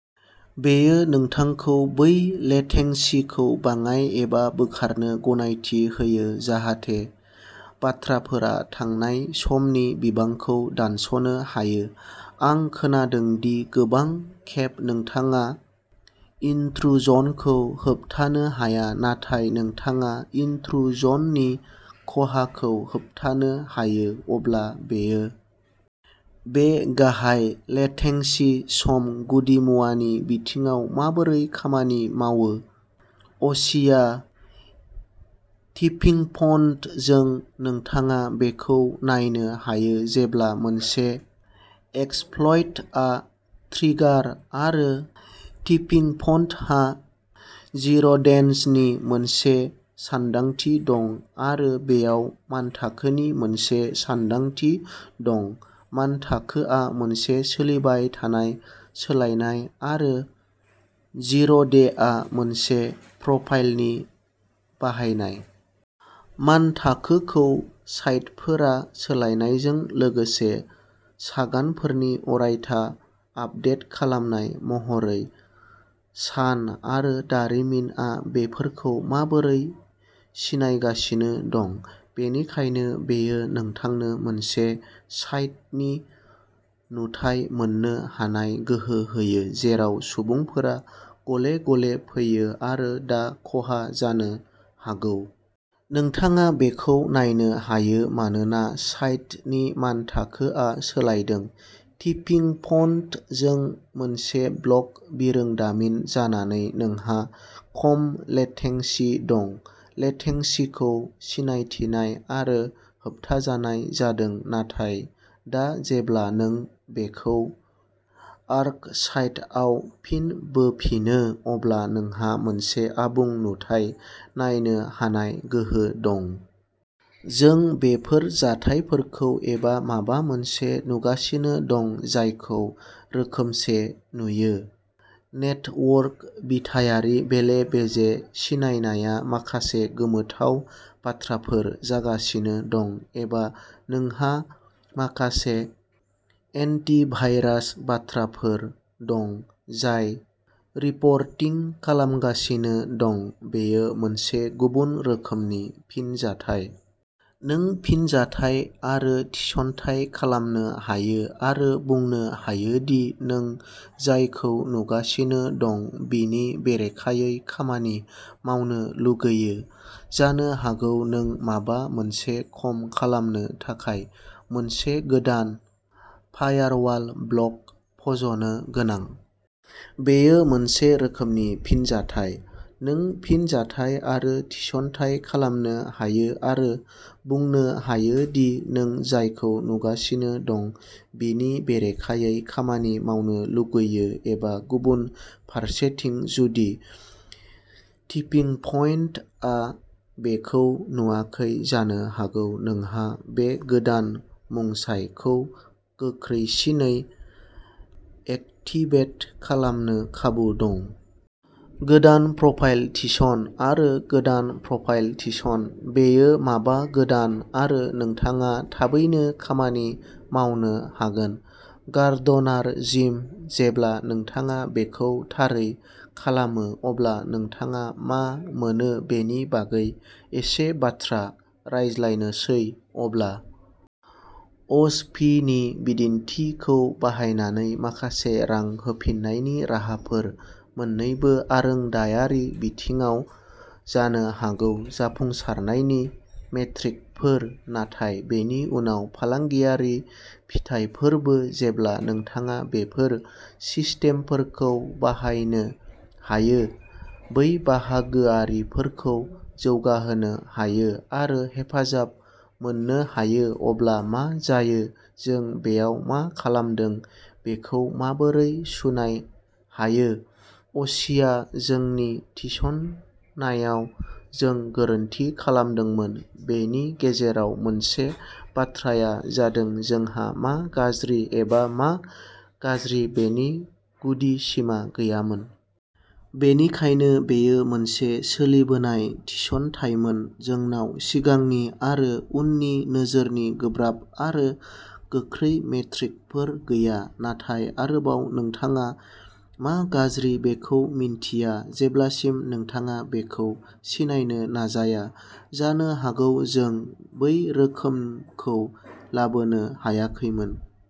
बेयो नोंथांखौ बै लेटेंसीखौ बाङाइ एबा बोखारनो गनायथि होयो जाहाथे बाथ्राफोरा थांनाय समनि बिबांखौ दानस'नो हायो। आं खोनादों दि गोबां खेब नोंथाङा इन्ट्रुजनखौ होबथानो हाया नाथाय नोंथाङा इन्ट्रुजननि खहाखौ होबथानो हायो। अब्ला बेयो बे गाहाय लेटेंसी सम गुदिमुवानि बिथिङाव माबोरै खामानि मावो अशीया टिपिंप'न्टजों नोंथाङा बेखौ नायनो हायो जेब्ला मोनसे एक्सप्लइटआ ट्रिगार जायो टिपिंप'न्टहा जिर'डेजनि मोनसे सानदांथि दं आरो बेयाव मानथाखोनि मोनसे सानदांथि दं मानथाखोआ मोनसे सोलिबाय थानाय सोलायनाय आरो जिर'डेआ मोनसे प्रफाइलनि बाहायनाय। मानथाखोखौ साइतफोरा सोलायनायजों लोगोसे सागानफोरनि अरायथा आपदेट खालामनाय महरै सान आरो दारिमिनआ बेफोरखौ माबोरै सिनायगासिनो दं। बेनिखायनो बेयो नोंथांनो मोनसे साइटनि नुथाय मोन्नो हानाय गोहो होयो जेराव सुबुंफोरा गले गले फैयो आरो दा खहा जानो हागौ। नोंथाङा बेखौ नायनो हायो मानोना साइटनि मानथाखोआ सोलायदों। टिपिंप'न्टजों मोनसे ब्लक बिरोंदामिन जानानै नोंहा खम लेटेंसी दं लेटेंसीखौ सिनायथिनाय आरो होबथाजानाय जादों नाथाय दा जेब्ला नों बेखौ आर्कसाइटआव फिन बोफिनो अब्ला नोंहा मोनसे आबुं नुथाय नायनो हानाय गोहो दं। जों बेफोर जाथायफोरखौ एबा माबा मोनसे नुगासिनो दं जायखौ रोखोमसे नुयो। नेटवर्क बिथायारि बेले बेजे सिनायनाया माखासे गोमोथाव बाथ्राफोर जागासिनो दं एबा नोंहा माखासे एन्टिभाइरास बाथ्राफोर दं जाय रिपर्टिं खालामगासिनो दं। बेयो मोनसे गुबुन रोखोमनि फिनजाथाय। नों फिनजाथाय आरो थिसनथाइ खालामनो हायो आरो बुंनो हायो दि नों जायखौ नुगासिनो दं बिनि बेरेखायै खामानि मावनो लुगैयो। जानो हागौ नों माबा मोनसे खम खालामनो थाखाय मोनसे गोदान फायारवाल ब्लक फज'नो गोनां। बेयो मोनसे गुबुन रोखोमनि फिनजाथाय। नों फिनजाथाय आरो थिसनथाइ खालामनो हायो आरो बुंनो हायो दि नों जायखौ नुगासिनो दं बिनि बेरेखायै खामानि मावनो लुगैयो एबा गुबुन फारसेथिं जुदि टिपिंपइन्टआ बेखौ नुवाखै जानो हागौ नोंहा बे गोदान मुंसाइखौ गोख्रैसिनै एक्टिभेट खालामनो खाबु दं। गोदान प्रफाइल थिसन आरो गोदान प्रफाइल थिसन। बेयो माबा गोदान आरो नोंथाङा थाबैनो खामानि मावनो हागोन। गार्डनार जिम जेब्ला नोंथाङा बेखौ थारै खालामो अब्ला नोंथाङा मा मोनो बेनि बागै एसे बाथ्रा रायज्लायनोसै अब्ला ओस पि नि बिदिन्थिखौ बाहायनानै माखासे रां होफिन्नायनि राहाफोर मोननैबो आरोंदायारि बिथिङाव जानो हागौ जाफुंसारनायनि मेट्रिकफोर नाथाय बेनि उनाव फालांगियारि फिथायफोरबो जेब्ला नोंथाङा बेफोर सिस्टेमफोरखौ बाहायनो हायो बै बाहागोआरिफोरखौ जौगाहोनो हायो आरो हेफाजाब मोननो हायो अब्ला मा जायो जों बेयाव मा खालामदों बेखौ माबोरै सुनाय हायो अ'शीया जोंनि थिसननायाव जों गोरोन्थि खालामदोंमोन बेनि गेजेराव मोनसे बाथ्राया जादों जोंहा मा गाज्रि एबा मा गाज्रि बेनि गुदि सिमा गैयामोन। बेनिखायनो बेयो मोनसे सोलिबोनाय थिसनथायमोन जोंनाव सिगांनि आरो उननि नोजोरनि गोब्राब आरो गोख्रै मेट्रिकफोर गैया। नाथाय आरोबाव नोंथाङा मा गाज्रि बेखौ मिन्थिया जेब्लासिम नोंथाङा बेखौ सिनायनो नाजाया। जानो हागौ जों बै रोखोमखौ लानोबो हायाखैमोन।